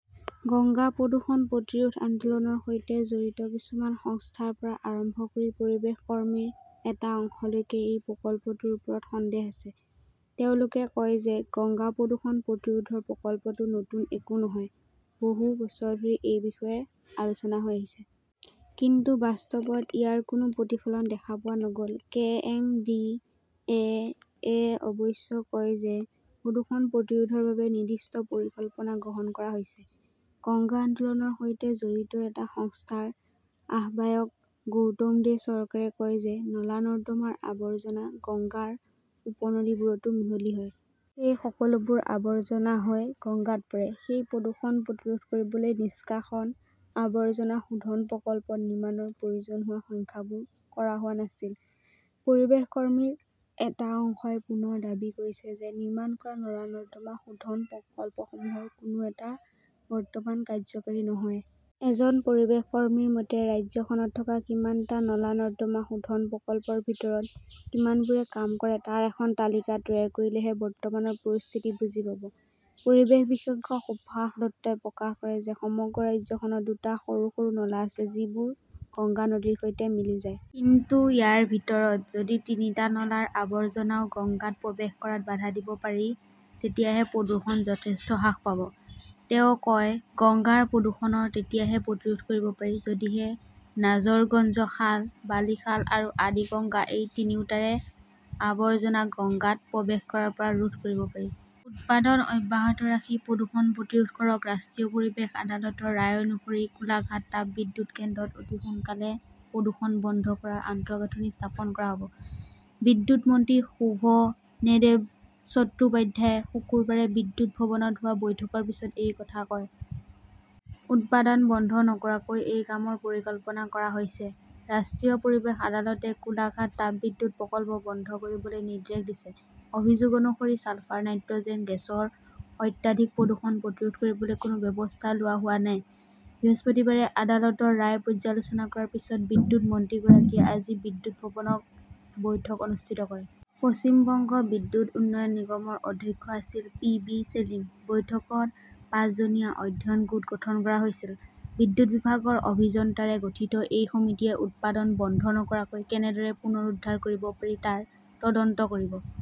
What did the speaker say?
গংগা প্ৰদূষণ প্ৰতিৰোধ আন্দোলনৰ সৈতে জড়িত কিছুমান সংস্থাৰ পৰা আৰম্ভ কৰি পৰিৱেশ কৰ্মীৰ এটা অংশলৈকে এই প্ৰকল্পটোৰ ওপৰত সন্দেহ আছে। তেওঁলোকে কয় যে গংগা প্ৰদূষণ প্ৰতিৰোধৰ প্ৰকল্পটো নতুন একো নহয়। বহু বছৰ ধৰি এই বিষয়ে আলোচনা হৈ আহিছে। কিন্তু বাস্তৱত ইয়াৰ কোনো প্ৰতিফলন দেখা পোৱা নগল। কে. এম. ডি. এ. -য়ে অৱশ্যে কয় যে প্ৰদূষণ প্ৰতিৰোধৰ বাবে নিৰ্দিষ্ট পৰিকল্পনা গ্ৰহণ কৰা হৈছে। গংগা আন্দোলনৰ সৈতে জড়িত এটা সংস্থাৰ আহ্বায়ক গৌতম দে চৰকাৰে কয় যে নলা-নৰ্দমাৰ আৱৰ্জনা গংগাৰ উপনদীবোৰতো মিহলি হয়। সেই সকলোবোৰ আৱৰ্জনা গৈ গংগাত পৰে। সেই প্ৰদূষণ প্ৰতিৰোধ কৰিবলৈ নিষ্কাশন আৱৰ্জনা শোধন প্ৰকল্প নিৰ্মাণৰ প্ৰয়োজন হোৱা সংখ্যাবোৰ কৰা হোৱা নাছিল। পৰিৱেশ কৰ্মীৰ এটা অংশই পুনৰ দাবী কৰিছে যে নিৰ্মাণ কৰা নলা-নৰ্দমা শোধন প্ৰকল্পসমূহৰ কোনো এটা বৰ্তমান কাৰ্যকৰী নহয়। এজন পৰিৱেশ কৰ্মীৰ মতে, ৰাজ্যখনত থকা কিমানটা নলা-নৰ্দমা শোধন প্ৰকল্পৰ ভিতৰত কিমানবোৰে কাম কৰে তাৰ এখন তালিকা তৈয়াৰ কৰিলেহে বৰ্তমানৰ পৰিস্থিতি বুজি পাব! পৰিৱেশ বিশেষজ্ঞ সুভাষ দত্তই প্ৰকাশ কৰে যে সমগ্ৰ ৰাজ্যখনত দুটা সৰু-সৰু নলা আছে যিবোৰ গংগা নদীৰ সৈতে মিলি যায়। কিন্তু ইয়াৰ ভিতৰত, যদি তিনিটা নলাৰ আৱৰ্জনাও গংগাত প্ৰৱেশ কৰাত বাধা দিব পাৰি, তেতিয়াহে প্ৰদূষণ যথেষ্ট হ্ৰাস পাব। তেওঁ কয়, গংগাৰ প্ৰদূষণৰ তেতিয়াহে প্ৰতিৰোধ কৰিব পাৰি যদিহে নাজৰগঞ্জ খাল, বালিখাল আৰু আদিগঙ্গা এই তিনিওটাৰে আৱৰ্জনা গঙ্গাত প্ৰৱেশ কৰাৰ পৰা ৰোধ কৰিব পাৰি। উৎপাদন অব্যাহত ৰাখি প্ৰদূষণ প্ৰতিৰোধ কৰক ৰাষ্ট্ৰীয় পৰিৱেশ আদালতৰ ৰায় অনুসৰি কোলাঘাট তাপবিদ্যুৎ কেন্দ্ৰত অতি সোনকালে প্ৰদূষণ বন্ধ কৰাৰ আন্তঃগাঁথনি স্থাপন কৰা হব। বিদ্যুৎ মন্ত্ৰী শোভনেদেৱ চট্টোপাধ্যায়ই শুকুৰবাৰে বিদ্যুৎ ভৱনত হোৱা বৈঠকৰ পিছত এই কথা কয়। উৎপাদন বন্ধ নকৰাকৈ এই কামৰ পৰিকল্পনা কৰা হৈছে। ৰাষ্ট্ৰীয় পৰিৱেশ আদালতে কোলাঘাট তাপবিদ্যুৎ প্ৰকল্প বন্ধ কৰিবলৈ নিৰ্দেশ দিছে, অভিযোগ অনুসৰি ছালফাৰ-নাইট্ৰজেন গেছৰ অত্যাধিক প্ৰদূষণ প্ৰতিৰোধ কৰিবলৈ কোনো ব্যৱস্থা লোৱা হোৱা নাই। বৃহস্পতিবাৰে আদালতৰ ৰায় পৰ্যালোচনা কৰাৰ পিছত বিদ্যুৎ মন্ত্ৰীগৰাকীয়ে আজি বিদ্যুৎ ভৱনত বৈঠক অনুষ্ঠিত কৰে। পশ্চিম বংগ বিদ্যুৎ উন্নয়ন নিগমৰ অধ্যক্ষ আছিল পি বি ছেলিম। বৈঠকত পাঁচজনীয়া 'অধ্যয়ন গোট গঠন কৰা হৈছিল। বিদ্যুৎ বিভাগৰ অভিযন্তাৰে গঠিত এই সমিতিয়ে উৎপাদন বন্ধ নকৰাকৈ কেনেদৰে পুনৰুদ্ধাৰ কৰিব পাৰি তাৰ তদন্ত কৰিব।